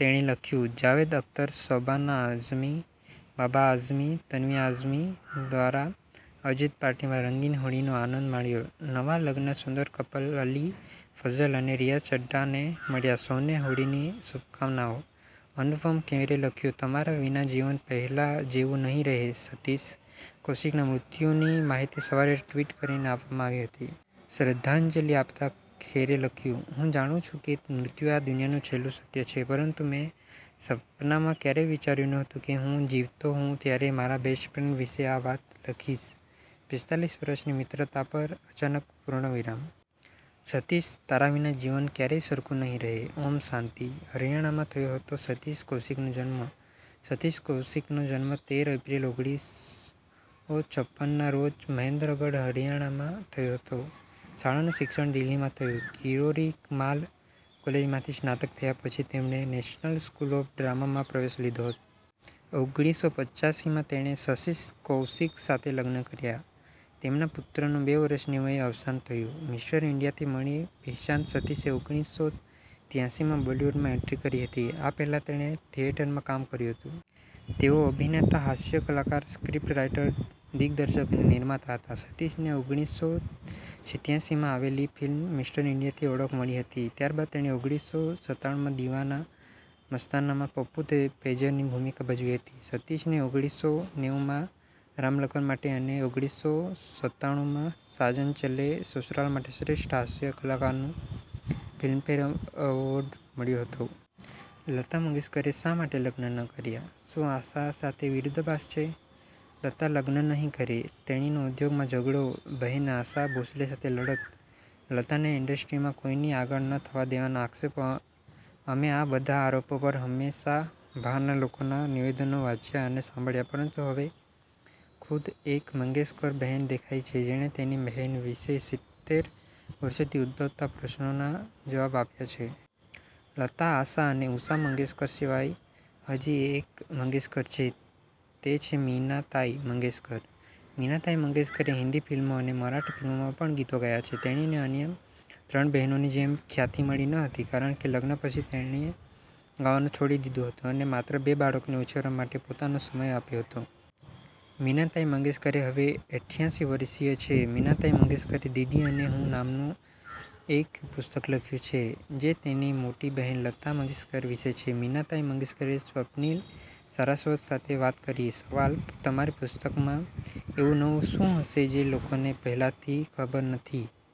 તેણે લખ્યું- 'જાવેદ અખ્તર, શબાના આઝમી, બાબા આઝમી, તન્વી આઝમી દ્વારા આયોજિત પાર્ટીમાં રંગીન હોળીનો આનંદ માણ્યો. નવા લગ્ન સુંદર કપલ અલી ફઝલ અને રિચા ચઢ્ઢાને મળ્યા. સૌને હોળીની શુભકામનાઓ. અનુપમ ખેરે લખ્યું: તમારા વિના જીવન પહેલા જેવું નહીં રહે સતીશ કૌશિકના મૃત્યુની માહિતી સવારે ટ્વીટ કરીને આપવામાં આવી હતી. શ્રદ્ધાંજલિ આપતાં ખેરે લખ્યું- 'હું જાણું છું કે મૃત્યુ આ દુનિયાનું છેલ્લું સત્ય છે, પરંતુ મેં સપનામાં ક્યારેય વિચાર્યું નહોતું કે હું જીવતો હોઉં ત્યારે મારા બેસ્ટ ફ્રેન્ડ વિશે આ વાત લખીશ. પિસ્તાલીસ વર્ષની મિત્રતા પર અચાનક પૂર્ણવિરામ. સતીશ તારા વિના જીવન ક્યારેય સરખું નહીં રહે! ઓમ શાંતિ! હરિયાણામાં થયો હતો સતીશ કૌશિકનો જન્મ સતીશ કૌશિકનો જન્મ તેર એપ્રિલ ઓગણીસસો છપ્પનના રોજ મહેન્દ્રગઢ, હરિયાણામાં થયો હતો. શાળાનું શિક્ષણ દિલ્હીમાં થયું. કિરોરી માલ કૉલેજમાંથી સ્નાતક થયા પછી, તેમણે નેશનલ સ્કૂલ ઑફ ડ્રામામાં પ્રવેશ લીધો. ઓગણીસો પંચાસીમાં તેણે શશિશ કૌશિક સાથે લગ્ન કર્યા. તેમના પુત્રનું બે વર્ષની વયે અવસાન થયું. મિસ્ટર ઈન્ડિયા થી મળી પહેચાન સતીશે ઓગણીસો ત્યાંસીમાં બોલીવુડમાં એન્ટ્રી કરી હતી. આ પહેલા તેણે થિયેટરમાં કામ કર્યું હતું. તેઓ અભિનેતા, હાસ્ય કલાકાર, સ્ક્રિપ્ટ રાઈટર, દિગ્દર્શક નિર્માતા હતા. સતીશને ઓગણીસસો સિત્યાસીમાં આવેલી ફિલ્મ મિસ્ટર ઈન્ડિયાથી ઓળખ મળી હતી. ત્યારબાદ તેણે ઓગણીસો સત્તાણુમાં દિવાના-મસ્તાનામાં પપ્પુ પેજરની ભૂમિકા ભજવી હતી. સતીશને ઓગણીસો નેવુંમાં રામ લખન માટે અને ઓગણીસો સત્તાણુમાં સાજન ચલે સસુરાલ માટે શ્રેષ્ઠ હાસ્ય કલાકારનો ફિલ્મફેર એવોર્ડ મળ્યો હતો. લતા મંગેશકરે શા માટે લગ્ન ન કર્યા? શું આશા સાથે વિરોધાભાસ છે? લતા લગ્ન નહીં કરે, તેણીનો ઉદ્યોગમાં ઝગડો, બહેન આશા ભોંસલે સાથે લડત, લતાને ઈન્ડસ્ટ્રીમાં કોઈની આગળ ન થવા દેવાના આક્ષેપો અમે આ બધા આરોપો પર હંમેશા બહારના લોકોના નિવેદનો વાંચ્યા અને સાંભળ્યા, પરંતુ હવે ખુદ એક મંગેશકર બહેન દેખાઇ છે, જેણે તેની બહેન વિશે સિત્તેર વર્ષોથી ઉદભવતા પ્રશ્નોના જવાબ આપ્યા છે. લતા, આશા અને ઉષા મંગેશકર સિવાય હજી એક મંગેશકર છે તે છે મીનાતાઇ મંગેશકર. મીનાતાઇ મંગેશકરે હિન્દી ફિલ્મો અને મરાઠી ફિલ્મોમાં પણ ગીતો ગાયા છે. તેણીને અન્ય ત્રણ બહેનોની જેમ ખ્યાતિ મળી ન હતી કારણ કે, લગ્ન પછી તેણે ગાવાનું છોડી દીધું હતું અને માત્ર બે બાળકોને ઉછેરવા માટે પોતાનો સમય આપ્યો હતો. મીનાતાઈ મંગેશકરે, હવે ઈઠયાસી વર્ષીય છે, મીનાતાઈ મંગેશકરે દીદી અને હું નામનું એક પુસ્તક લખ્યું છે, જે તેની મોટી બહેન લતા મંગેશકર વિશે છે. મીનાતાઇ મંગેશકરે સ્વપ્નીલ સારસ્વત સાથે વાત કરી. સવાલ: તમારી પુસ્તકમાં એવું નવું શું હશે જે લોકોને પહેલાથી ખબર નથી?